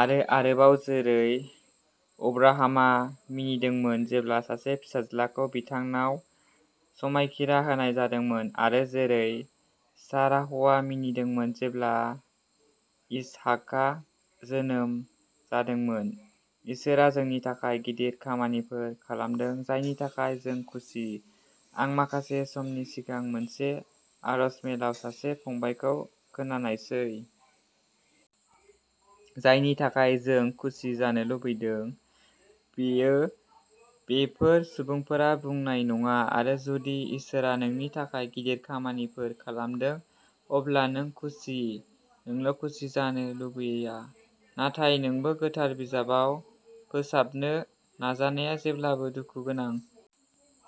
आरो आरोबाव, जेरै अब्राहामआ मिनिदोंमोन जेब्ला सासे फिसाज्लाखौ बिथांनाव समायखिरा होनाय जादोंमोन आरो जेरै साराहआ मिनिदोंमोन जेब्ला इसहाकआ जोनोम जादोंमोन। इसोरआ जोंनि थाखाय गिदिर खामानिफोर खालामदों। जायनि थाखाय जों खुसि। आं माखासे समनि सिगां मोनसे आरज मेलाव सासे फंबायखौ खोनानायसै। जायनि थाखाय जों खुसि जानो लुबैदों। बेयो बेफोर सुबुंफोरा बुंनाय नङा आरो जुदि इसोरआ नोंनि थाखाय गिदिर खामानिफोर खालामदों। अब्ला नों खुसि, नोंल' खुसि जानो लुबैया, नाथाय नोंबो गोथार बिजाबाव फोसाबनो नाजानाया जेब्लाबो दुखु गोनां।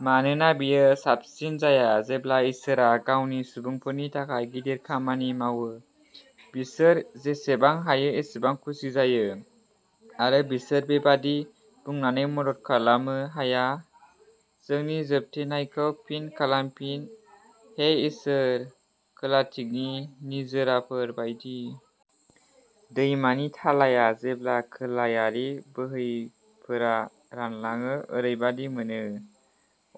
मानोना बेयो साबसिन जाया। जेब्ला इसोरआ गावनि सुबुंफोरनि थाखाय गिदिर खामानि मावो, बिसोर जेसेबां हायो एसेबां खुसि जायो। आरो बिसोर बेबादि बुंनानै मदद खालामनो हाया। जोंनि जोबथेनायखौ फिन खालामफिन। हे इसोर, खोलाथिंनि निजोराफोर बायदि। दैमानि थालाया, जेब्ला खोलायारि बोहैफोरा रानलाङो, ओरैबादि मोनो।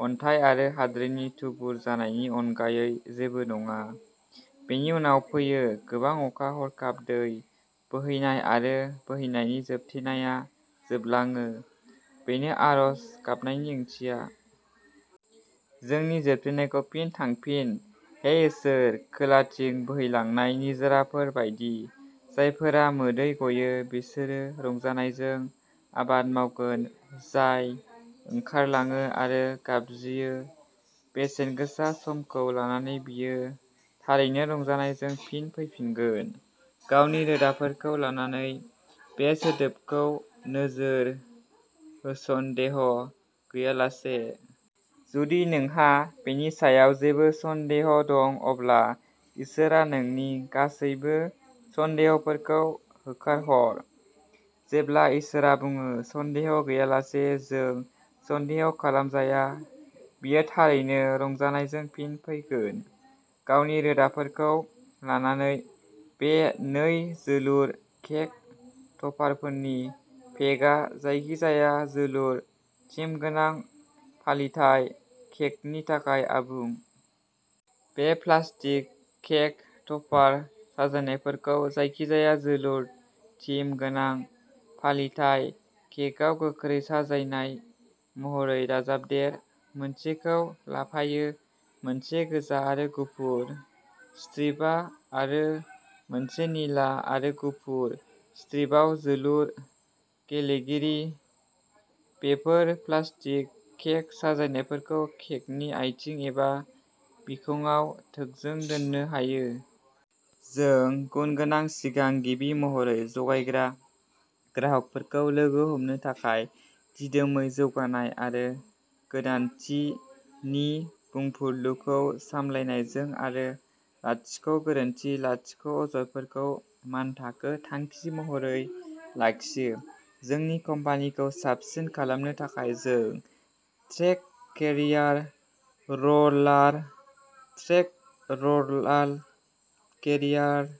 अन्थाय आरो हाद्रिनि थुबुर जानायनि अनगायै जेबो नङा। बेनि उनाव फैयो गोबां अखा, हरखाब दै बोहैनाय आरो दै बोहैनायनि जोबथेनाया जोबलाङो। बेनो आरज गाबनायनि ओंथिया। जोंनि जोबथेनायखौ फिन थांफिन, हे इसोर, खोलाथिं बोहैलांनाय निजोराफोर बायदि। जायफोरा मोदै गयो बिसोरो रंजानायजों आबाद मावगोन। जाय ओंखारलाङो आरो गाबज्रियो बेसेनगोसा समखौ लानानै, बियो थारैनो रंजानायजों फिन फैगोन। गावनि रोदाफोरखौ लानानै। बे सोदोबखौ नोजोर होसन्देह' गैयालासे। जुदि नोंहा बेनि सायाव जेबो सन्देह दं, अब्ला इसोरआ नोंनि गासैबो सन्देहफोरखौ होखारहर। जेब्ला इसोरआ बुङो, सन्देह गैयालासे जों सन्देह खालामजाया। बियो थारैनो रंजानायजों फिन फैगोन, गावनि रोदाफोरखौ लानानै। बे नै, जोलुर केक टपारफोरनि पेकआ जायखिजाया जोलुर थिम गोनां फालिथाय केकनि थाखाय आबुं। बे प्लास्टिक केक टपार साजायनायफोरखौ जायखिजाया जोलुर थिम गोनां फालिथाय केकआव गोख्रै साजायनाय महरै दाजाबदेर। मोनसेखौ लाफायो। मोनसे गोजा आरो गुफुर स्ट्रिपआव आरो मोनसे निला आरो गुफुर स्ट्रिपआव जोलुर गेलेगिरि। बेफोर प्लास्टिक केक साजायनायफोरखौ केकनि आइथिं एबा बिखंआव थोंजों दोननो हायो। जों गुन गोनां सिगां, गिबि महरै जगायग्रा, ग्राहकफोरखौ लोगो हमनो थाखाय दिदोमै जौगानाय आरो गोदानथि नि बुंफुरलुखौ सामलायनायजों आरो लाथिख' गोरोन्थि लाथिख'अजदफोरखौ मानथाखो थांखि महरै लाखियो। जोंनि कम्पानिखौ साबसिन खालामनो थाखाय, जों track carrier roller, track roller carrier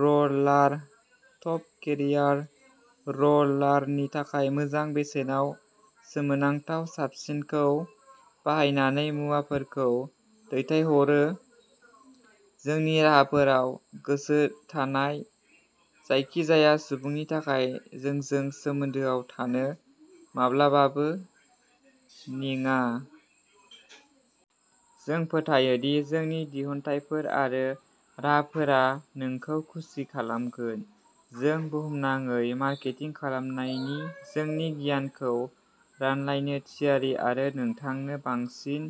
roller, top carrier र'लारनि थाखाय मोजां बेसेनाव सोमोनांथाव साबसिनखौ बाहायनानै मुवाफोरखौ दैथायहरो, जोंनि राहाफोराव गोसो थानाय जायखिजाया सुबुंनि थाखाय जोंजों सोमोन्दोआव थानो माब्लाबाबो नेङा। जों फोथायो दि जोंनि दिहुनथायफोर आरो राहाफोरा नोंखौ खुसि खालामगोन। जों बुहुमनाङै मारकेटिं खालामनायनि जोंनि गियानखौ रानलायनो थियारि आरो नोंथांनो बांसिन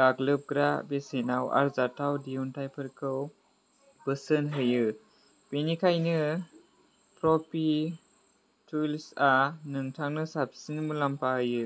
गाग्लोबग्रा बेसेनाव आरजाथाव दिहुनथायफोरखौ बोसोन होयो। बेनिखायनो प्र'फि टुलसआ नोंथांनो साबसिन मुलाम्फा होयो।